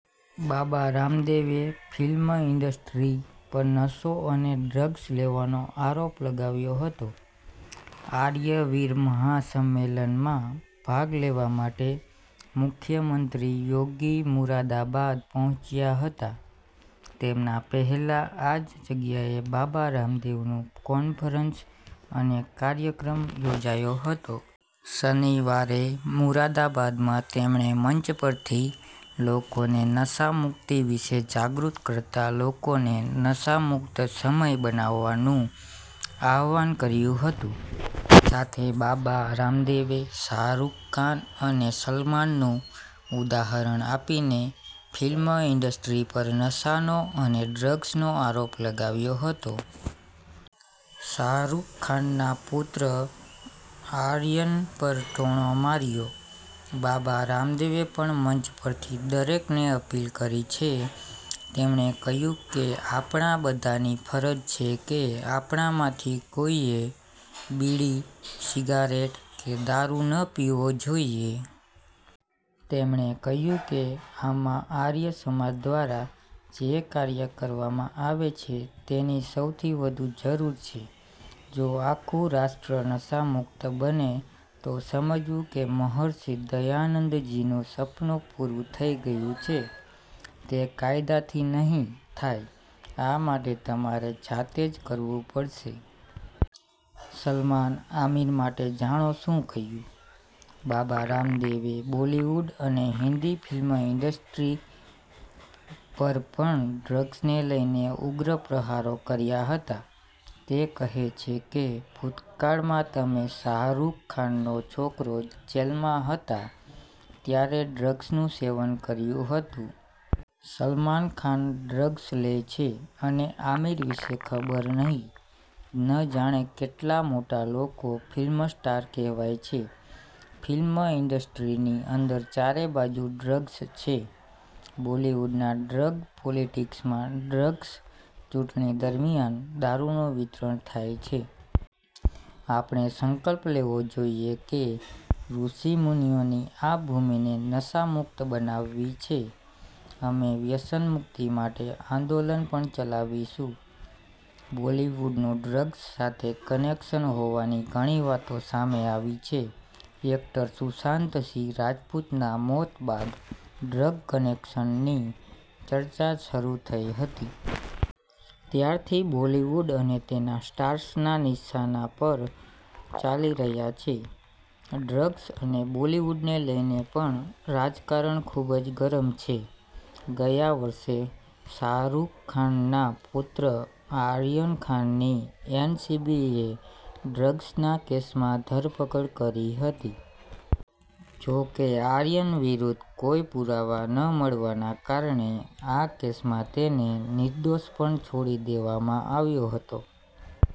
બાબા રામદેવે film industry પર નશો અને ડ્રગ્સ લેવાનો આરોપ લગાવ્યો હતો. આર્ય વીર મહા સંમેલનમાં ભાગ લેવા માટે મુખ્યમંત્રી યોગી મુરાદાબાદ પહોંચ્યા હતા. તેમના પહેલા આ જ જગ્યાએ બાબા રામદેવનું કોન્ફરન્સ અને કાર્યક્રમ યોજાયો હતો. શનિવારે મુરાદાબાદમાં તેમણે મંચ પરથી લોકોને નશા મુક્તિ વિશે જાગૃત કરતા લોકોને નશા મુક્ત સમય બનાવવાનું આહ્વાન કર્યું હતું. સાથે બાબા રામદેવે શાહરૂખ ખાન અને સલમાનનું ઉદાહરણ આપીને ફિલ્મ ઈન્ડસ્ટ્રી પર નશાનો અને ડ્રગ્સનો આરોપ લગાવ્યો હતો. શાહરૂખ ખાનના પુત્ર આર્યન પર ટોણો માર્યો. બાબા રામદેવે પણ મંચ પરથી દરેકને અપીલ કરી છે. તેમણે કહ્યું કે આપણા બધાની ફરજ છે કે આપણામાંથી કોઈએ બીડી, સિગારેટ કે દારૂ ન પીવો જોઈએ. તેમણે કહ્યું કે આમાં આર્ય સમાજ દ્વારા જે કાર્ય કરવામાં આવે છે તેની સૌથી વધુ જરૂર છે. જો આખું રાષ્ટ્ર નશામુક્ત બને તો સમજવું કે મહર્ષિ દયાનંદજીનું સપનું પૂરું થઈ ગયું છે, તે કાયદાથી નહીં થાય, આ માટે તમારે જાતે જ કરવું પડશે. સલમાન-આમિર માટે જાણો શું કહ્યું? બાબા રામદેવે બોલિવૂડ અને હિન્દી ફિલ્મ ઈન્ડસ્ટ્રી પર પણ ડ્રગ્સને લઈને ઉગ્ર પ્રહારો કર્યા હતા. તે કહે છે કે ભૂતકાળમાં તમે શાહરૂખ ખાનનો છોકરો જેલમાં હતા ત્યારે ડ્રગ્સનું સેવન કર્યું હતું. સલમાન ખાન ડ્રગ્સ લે છે અને આમિર વિષે ખબર નહી. ન જાણે કેટલા મોટા લોકો ફિલ્મ સ્ટાર કહેવાય છે. ફિલ્મ ઈન્ડસ્ટ્રીની અંદર ચારેબાજુ ડ્રગ્સ છે. બોલિવૂડના ડ્રગ પોલિટિક્સમાં ડ્રગ્સ, ચૂંટણી દરમિયાન દારૂનું વિતરણ થાય છે. આપણે સંકલ્પ લેવો જોઈએ કે ઋષિમુનિઓની આ ભૂમિને નશામુક્ત બનાવવી છે. અમે વ્યસનમુક્તિ માટે આંદોલન પણ ચલાવીશું. બોલિવૂડનું ડ્રગ્સ સાથે કનેક્શન હોવાની ઘણી વાતો સામે આવી છે. એક્ટર સુશાંત સિંહ રાજપૂતના મોત બાદ ડ્રગ કનેક્શનની ચર્ચા શરૂ થઈ હતી. ત્યારથી બોલીવુડ અને તેના સ્ટાર્સ ના નિશાના પર ચાલી રહ્યા છે. ડ્રગ્સ અને બોલિવૂડને લઈને પણ રાજકારણ ખૂબ જ ગરમ છે. ગયા વર્ષે શાહરૂખ ખાનના પુત્ર આર્યન ખાનની એન સીબીએ ડ્રગ્સના કેસમાં ધરપકડ કરી હતી. જોકે, આર્યન વિરુદ્ધ કોઈ પુરાવા ન મળવાના કારણે આ કેસમાં તેને નિર્દોષ પણ છોડી દેવામાં આવ્યો હતો.